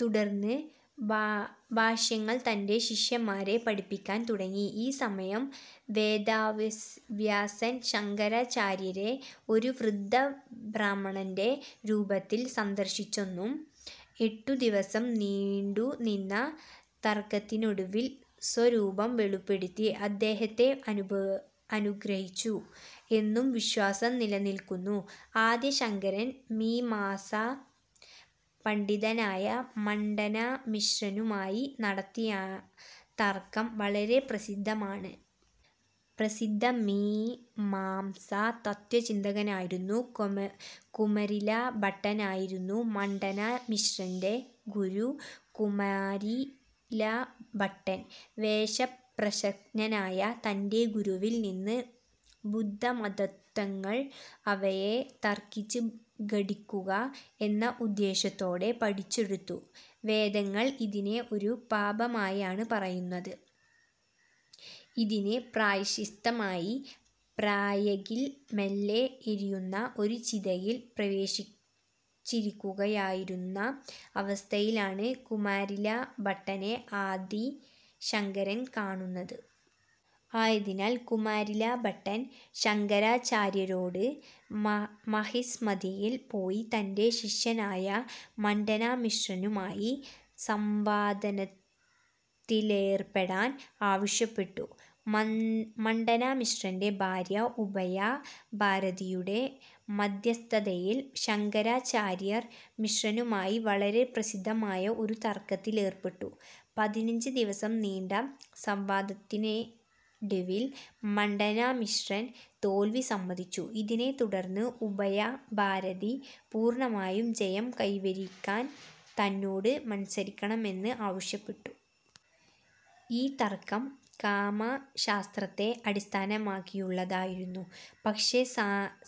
തുടർന്ന് ഭാഷ്യങ്ങൾ തന്റെ ശിഷ്യന്മാരെ പഠിപ്പിക്കാൻ തുടങ്ങി. ഈ സമയം, വേദവ്യാസൻ ശങ്കരാചാര്യരെ ഒരു വൃദ്ധബ്രാഹ്മണന്റെ രൂപത്തിൽ സന്ദർശിച്ചെന്നും എട്ടു ദിവസം നീണ്ടു നിന്ന തർക്കത്തിനൊടുവിൽ സ്വരൂപം വെളിപ്പെടുത്തി അദ്ദേഹത്തെ അനുഗ്രഹിച്ചു എന്നും വിശ്വാസം നിലനിൽക്കുന്നു. ആദി ശങ്കരൻ മീമാംസാ പണ്ഡിതനായ മണ്ഡനമിശ്രനുമായി നടത്തിയ തർക്കം വളരെ പ്രസിദ്ധമാണ്. പ്രസിദ്ധ മീമാംസാ തത്ത്വചിന്തകനായിരുന്ന കുമാരിലഭട്ടനായിരുന്നു മണ്ഡനമിശ്രന്റെ ഗുരു. കുമാരിലഭട്ടൻ വേഷപ്രച്ഛന്നനായി തന്റെ ഗുരുവിൽ നിന്ന് ബുദ്ധമതതത്ത്വങ്ങൾ അവയെ തർക്കിച്ച് ഖണ്ഡിക്കുക എന്ന ഉദ്ദേശ്യത്തോടെ പഠിച്ചെടുത്തു. വേദങ്ങൾ ഇതിനെ ഒരു പാപമായാണ് പറയുന്നത്. ഇതിന് പ്രായശ്ചിത്തമായി പ്രയാഗിൽ മെല്ലെ എരിയുന്ന ഒരു ചിതയിൽ പ്രവേശിച്ചിരിക്കുകയായിരുന്ന അവസ്ഥയിലാണ് കുമാരിലഭട്ടനെ ആദി ശങ്കരൻ കാണുന്നത്. ആയതിനാൽ കുമാരിലഭട്ടൻ ശങ്കരാചാര്യരോട് മഹിസ്മതിയിൽ പോയി തന്റെ ശിഷ്യനായ മണ്ഡനമിശ്രനുമായി സംവാദത്തിലേർപ്പെടാൻ ആവശ്യപ്പെട്ടു. മണ്ഡനമിശ്രന്റെ ഭാര്യ ഉഭയ ഭാരതിയുടെ മദ്ധ്യസ്ഥതയിൽ ശങ്കരാചാര്യർ മിശ്രനുമായി വളരെ പ്രസിദ്ധമായ ഒരു തർക്കത്തിലേർപ്പെട്ടു. പതിനഞ്ച് ദിവസം നീണ്ട സംവാദത്തിനൊടുവിൽ മണ്ഡനമിശ്രൻ തോൽവി സമ്മതിച്ചു. ഇതിനെ തുടർന്ന് ഉഭയ ഭാരതി പൂർണ്ണമായും ജയം കൈവരിയ്ക്കാൻ തന്നോട് മത്സരിയ്ക്കണമെന്ന് ആവശ്യപ്പെട്ടു. ഈ തർക്കം കാമശാസ്ത്രത്തെ അടിസ്ഥാനമാക്കിയുള്ളതായിരുന്നു. പക്ഷേ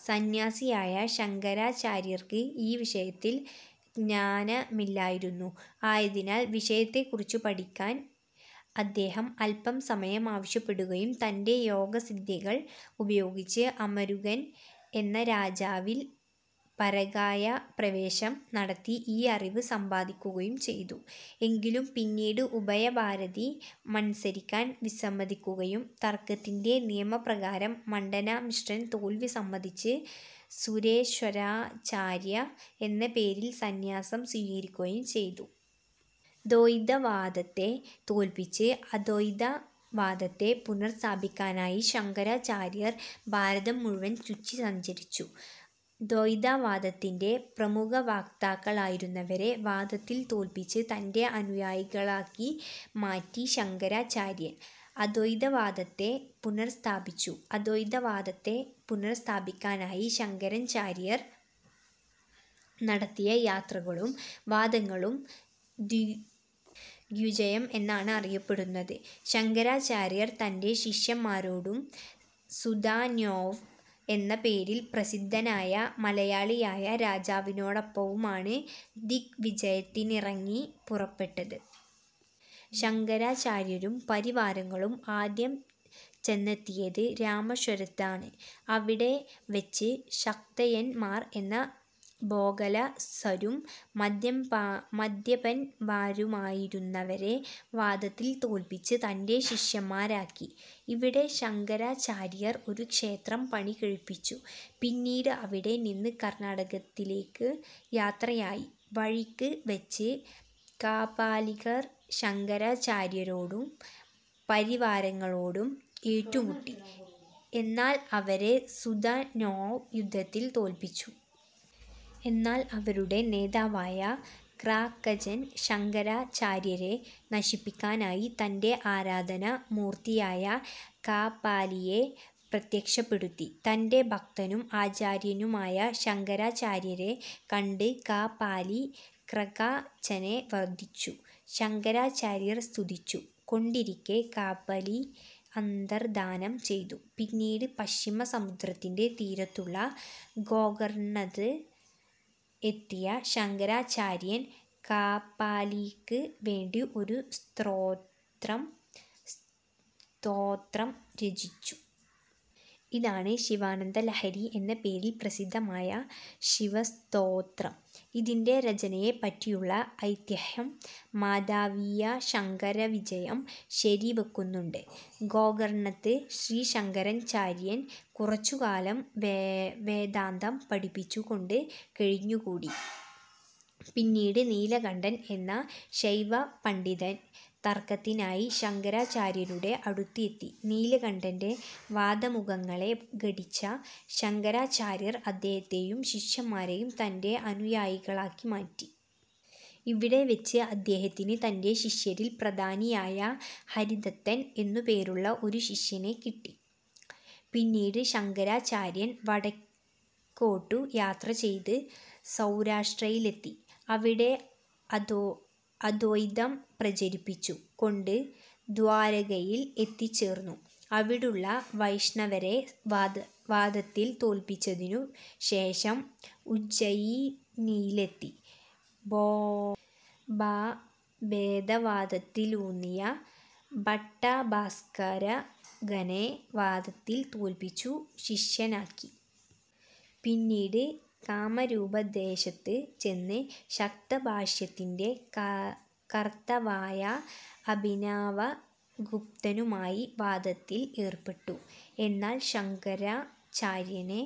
സന്ന്യാസിയായ ശങ്കരാചാര്യർക്ക് ഈ വിഷയത്തിൽ ജ്ഞാനമില്ലായിരുന്നു. ആയതിനാൽ വിഷയത്തെക്കുറിച്ച് പഠിക്കാൻ അദ്ദേഹം അല്പം സമയം ആവശ്യപ്പെടുകയും തന്റെ യോഗ സിദ്ധികൾ ഉപയോഗിച്ച് അമരുകൻ എന്ന രാജാവിൽ പരകായപ്രവേശം നടത്തി ഈ അറിവ് സമ്പാദിക്കുകയും ചെയ്തു. എങ്കിലും പിന്നീട് ഉഭയ ഭാരതി മത്സരിക്കാൻ വിസമ്മതിക്കുകയും തർക്കത്തിന്റെ നിയമ പ്രകാരം മണ്ഡനമിശ്രൻ തോൽവി സമ്മതിച്ച് സുരേശ്വരാചാര്യ എന്ന പേരിൽ സന്യാസം സ്വീകരിക്കുകയും ചെയ്തു. ദ്വൈതവാദത്തെ തോൽപ്പിച്ച് അദ്വൈത വാദത്തെ പുനഃസ്ഥാപിക്കാനായി ശങ്കരാചാര്യർ ഭാരതം മുഴുവൻ ചുറ്റി സഞ്ചരിച്ചു. ദ്വൈതവാദത്തിന്റെ പ്രമുഖവക്താക്കളായിരുന്നവരെ വാദത്തിൽ തോൽപ്പിച്ച് തന്റെ അനുയായികളാക്കി മാറ്റി ശങ്കരാചാര്യൻ അദ്വൈതവാദത്തെ പുനഃസ്ഥാപിച്ചു. അദ്വൈതവാദത്തെ പുനഃസ്ഥാപിക്കാനായി ശങ്കരാചാര്യർ നടത്തിയ യാത്രകളും വാദങ്ങളും ദിഗ്വിജയം എന്നാണ് അറിയപ്പെടുന്നത്. ശങ്കരാചാര്യർ തന്റെ ശിഷ്യൻമാരോടും സുധന്വാവ് എന്ന പേരിൽ പ്രസിദ്ധനായ മലയാളിയായ രാജാവിനോടൊപ്പവുമാണ് ദിഗ് വിജയത്തിനിറങ്ങിപ്പുറപ്പെട്ടത്. ശങ്കരാചാര്യരും പരിവാരങ്ങളും ആദ്യം ചെന്നെത്തിയത് രാമേശ്വരത്താണ്. അവിടെ വച്ച് ശാക്തേയൻമാർ എന്ന ഭോഗാലസരും മദ്യപൻമാരുമായിരുന്നവരെ വാദത്തിൽ തോൽപ്പിച്ച് തന്റെ ശിഷ്യൻമാരാക്കി. ഇവിടെ ശങ്കരാചാര്യർ ഒരു ക്ഷേത്രം പണികഴിപ്പിച്ചു. പിന്നീട് അവിടെ നിന്ന് കർണ്ണാടകത്തിലേയ്ക്ക് യാത്രയായി വഴിയ്ക്ക് വച്ച് കാപാലികർ ശങ്കരാചാര്യരോടും പരിവാരങ്ങളോടും ഏറ്റുമുട്ടി. എന്നാൽ അവരെ സുധന്വാവ് യുദ്ധത്തിൽ തോൽപ്പിച്ചു. എന്നാൽ അവരുടെ നേതാവായ ക്രകചൻ ശങ്കരാചാര്യരെ നശിപ്പിക്കാനായി തന്റെ ആരാധനാ മൂർത്തിയായ കാപാലിയെ പ്രത്യക്ഷപ്പെടുത്തി. തന്റെ ഭക്തനും ആചാര്യനുമായ ശങ്കരാചാര്യരെ കണ്ട് കാപാലി ക്രകചനെ വധിച്ചു. ശങ്കരാചാര്യർ സ്തുതിച്ചു കൊണ്ടിരിക്കേ കാപാലി അന്തർധാനം ചെയ്തു. പിന്നീട് പശ്ചിമ സമുദ്രത്തിന്റെ തീരത്തുള്ള ഗോകർണ്ണത്ത് എത്തിയ ശങ്കരാചാര്യൻ കാപാലിയ്ക്ക് വേണ്ടി ഒരു സ്തോത്രം രചിച്ചു. ഇതാണ് ശിവാനന്ദലഹരി എന്ന പേരിൽ പ്രസിദ്ധമായ ശിവസ്തോത്രം. ഇതിന്റെ രചനയെപ്പറ്റിയുള്ള ഐതിഹ്യം മാധവീയശങ്കരവിജയം ശരിവയ്ക്കുന്നുണ്ട്. ഗോകർണ്ണത്ത് ശ്രീശങ്കരാചാര്യൻ കുറച്ചു കാലം വേദാന്തം പഠിപ്പിച്ചു കൊണ്ട് കഴിഞ്ഞുകൂടി. പിന്നീട് നീലകണ്ഠൻ എന്ന ശൈവപണ്ഡിതൻ തർക്കത്തിനായി ശങ്കരാചാര്യരുടെ അടുത്ത് എത്തി നീലകണ്ഠന്റെ വാദമുഖങ്ങളെ ഖണ്ഡിച്ച ശങ്കരാചാര്യർ അദ്ദേഹത്തെയും ശിഷ്യൻമാരെയും തന്റെ അനുയായികളാക്കി മാറ്റി. ഇവിടെവച്ച് അദ്ദേഹത്തിന് തന്റെ ശിഷ്യരിൽ പ്രധാനിയായ ഹരിദത്തൻ എന്നു പേരുള്ള ഒരു ശിഷ്യനെ കിട്ടി. പിന്നീട് ശങ്കരാചാര്യൻ വടക്കോട്ടു യാത്ര ചെയ്ത് സൗരാഷ്ട്രയിലെത്തി. അവിടെ അദ്വൈതം പ്രചരിപ്പിച്ചു കൊണ്ട് ദ്വാരകയിൽ എത്തിച്ചേർന്നു. അവിടുള്ള വൈഷ്ണവരെ വാദത്തിൽ തോൽപ്പിച്ചതിനു ശേഷം ഉജ്ജയിനിയിലെത്തി ഭോദാഭേദവാദത്തിലൂന്നിയ ഭട്ടഭാസ്ക്കരകനെ വാദത്തിൽ തോൽപ്പിച്ചു ശിഷ്യനാക്കി. പിന്നീട് കാമരൂപദേശത്ത് ചെന്ന് ശാക്തഭാഷ്യത്തിന്റെ കർത്താവായ അഭിനവഗുപ്തനുമായി വാദത്തിൽ ഏർപ്പെട്ടു. എന്നാൽ ശങ്കരാചാര്യനെ